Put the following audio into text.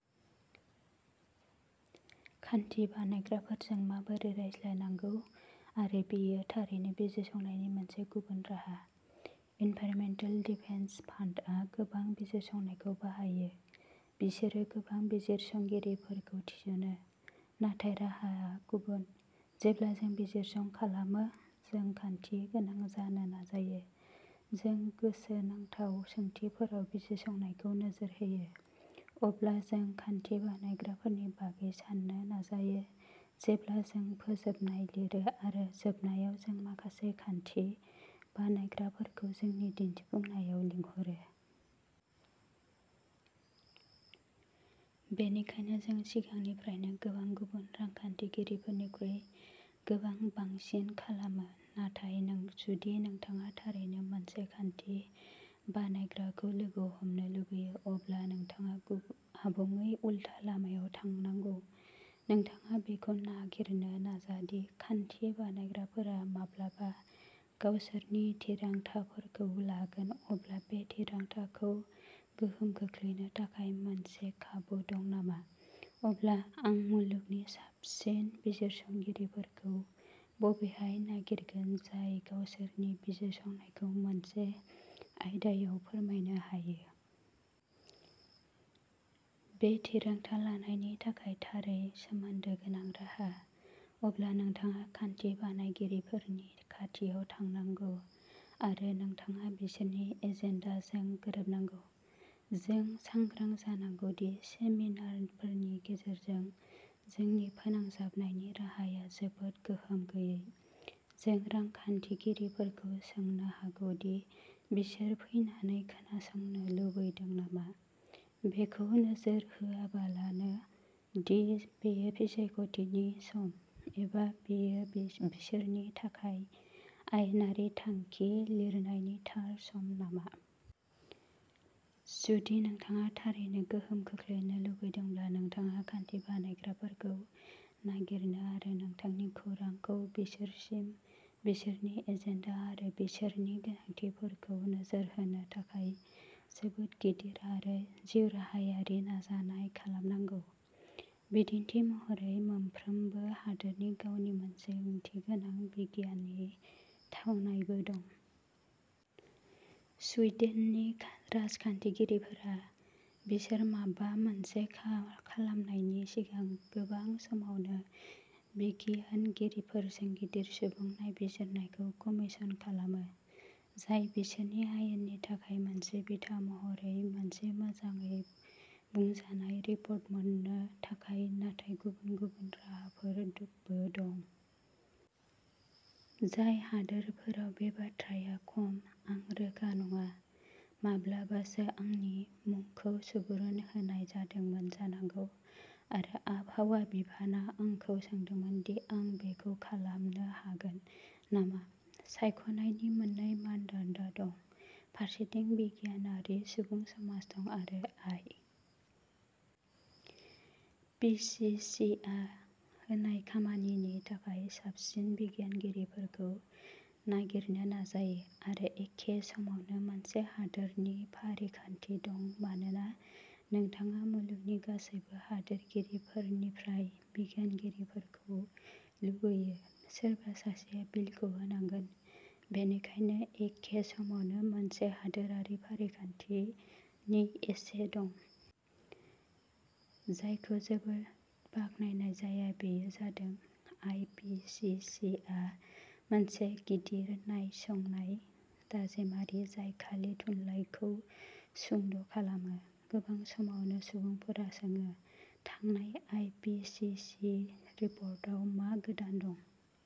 खान्थि बानायग्राफोरजों माबोरै रायज्लायनांगौ आरो बेयो थारैनो बिजिरसंनायनि मोनसे गुबुन राहा। एनभाइरनमेन्टेल डिफेन्स फान्डआ गोबां बिजिरसंनायखौ बाहायो, बिसोरो गोबां बिजिरसंगिरिफोरखौ थिसनो, नाथाय राहाआ गुबुन। जेब्ला जों बिजिरसं खालामो जों खान्थि गोनां जानो नाजायो, जों गोसोनांथाव सोंथिफोराव बिजिरसंनायखौ नोजोर होयो, अब्ला जों खान्थि बानायग्राफोरनि बागै साननो नाजायो जेब्ला जों फोजोबनाय लिरो आरो जोबनायाव जों माखासे खान्थि बानायग्राफोरखौ जोंनि दिन्थिफुंनायाव लिंहरो। बेनिखायनो जों सिगांनिफ्रायनो गोबां गुबुन रांखान्थिगिरिफोरनिख्रुइ गोबां बांसिन खालामो। नाथाय जुदि नोंथाङा थारैनो मोनसे खान्थि बानायग्राखौ लोगो हमनो लुबैयो, अब्ला नोंथाङा आबुङै उलथा लामायाव थांनांगौः नोंथाङा बेखौ नागिरनो नाजा दि खान्थि बानायग्राफोरा माब्लाबा गावसोरनि थिरांथाफोरखौ लागोन अब्ला बे थिरांथाखौ गोहोम खोख्लैनो थाखाय मोनसे खाबु दं नामा; अब्ला आं मुलुगनि साबसिन बिजिरसंगिरिफोरखौ बबेहाय नागिरगोन जाय गावसोरनि बिजिरसंनायखौ मोनसे आयदायाव फोरमायनो हायो। बे थिरांथा लानायनि थाखाय थारै सोमोन्दो गोनां राहा। अब्ला नोंथाङा खान्थि बानायगिरिफोरनि खाथियाव थांनांगौ, आरो नोंथाङा बिसोरनि एजेन्डाजों गोरोबनांगौ। जों सांग्रां जानांगौ दि सेमिनारफोरनि गेजेरजों जोंनि फोनांजाबनायनि राहाया जोबोद गोहोम गैयै। जों रांखान्थिगिरिफोरखौ सोंनो हागौ दि बिसोर फैनानै खोनासंनो लुबैदों नामा, बेखौ नोजोर होआबालानो दि बेयो बिसायख'थिनि सम, एबा बेयो बिसोरनि थाखाय आयेनारि थांखि लिरनायनि थार सम नामा। जुदि नोंथाङा थारैनो गोहोम खोख्लैनो लुबैदोंब्ला नोंथाङा खान्थि बानायग्राफोरखौ नागिरनो आरो नोंथांनि खौरांखौ बिसोरसिम, बिसोरनि एजेन्डा आरो बिसोरनि गोनांथिफोरखौ नोजोर होनो थाखाय जोबोद गिदिर आरो जिउराहायारि नाजानाय खालामनांगौ। बिदिन्थि महरै, मोनफ्रोमबो हादोरनि गावनि मोनसे ओंथिगोनां बिगियाननि थावनायबो दं। सुइडेननि राजखान्थिगिरिफोरा, बिसोर माबा मोनसे खा खालामनायनि सिगां, गोबां समावनो बिगियानगिरिफोरजों गिदिर सुबुं नायबिजिरनायखौ कमिसन खालामो, जाय बिसोरनि आयेननि थाखाय मोनसे बिथा महरै मोनसे मोजाङै बुंजानाय रिपर्ट मोननो थाखाय। नाथाय गुबुन गुबुन राहाफोरबो दं। जाय हादोरफोराव बे बाथ्राया खम। आं रोखा नङा। माब्लाबासो आंनि मुंखौ सुबुरुन होनाय जादोंमोन जानांगौ आरो आबहावा बिफाना आंखौ सोंदोंमोन दि आं बेखौ खालामनो हागोन नामा। सायख'नायनि मोननै मानदान्दा दंः फारसेथिं बिगियानारि सुबुं समाज दं, आरो आइ. पि. सि. सि. आ होनाय खामानिनि थाखाय साबसिन बिगियानगिरिफोरखौ नागिरनो नाजायो, आरो एखे समावनो मोनसे हादोरनि फारिखान्थि दं मानोना नोंथाङा मुलुगनि गासैबो हादोरफोरनिफ्राय बिगियानगिरिफोरखौ लुबैयो। सोरबा सासेया बिलखौ होनांगोन, बेनिखायनो एखे समावनो मोनसे हादोरारि फारिखान्थिनि एसे दं। जायखौ जोबोद बाखनायनाय जाया बेयो जादों आइ. पि. सि. सि. आ मोनसे गिदिर नायसंनाय दाजेमारि जाय खालि थुनलाइखौ सुंद' खालामो। गोबां समावनो सुबुंफोरा सोङो थांनाय आइ. पि. सि. सि. रिपर्टाव मा गोदान दं?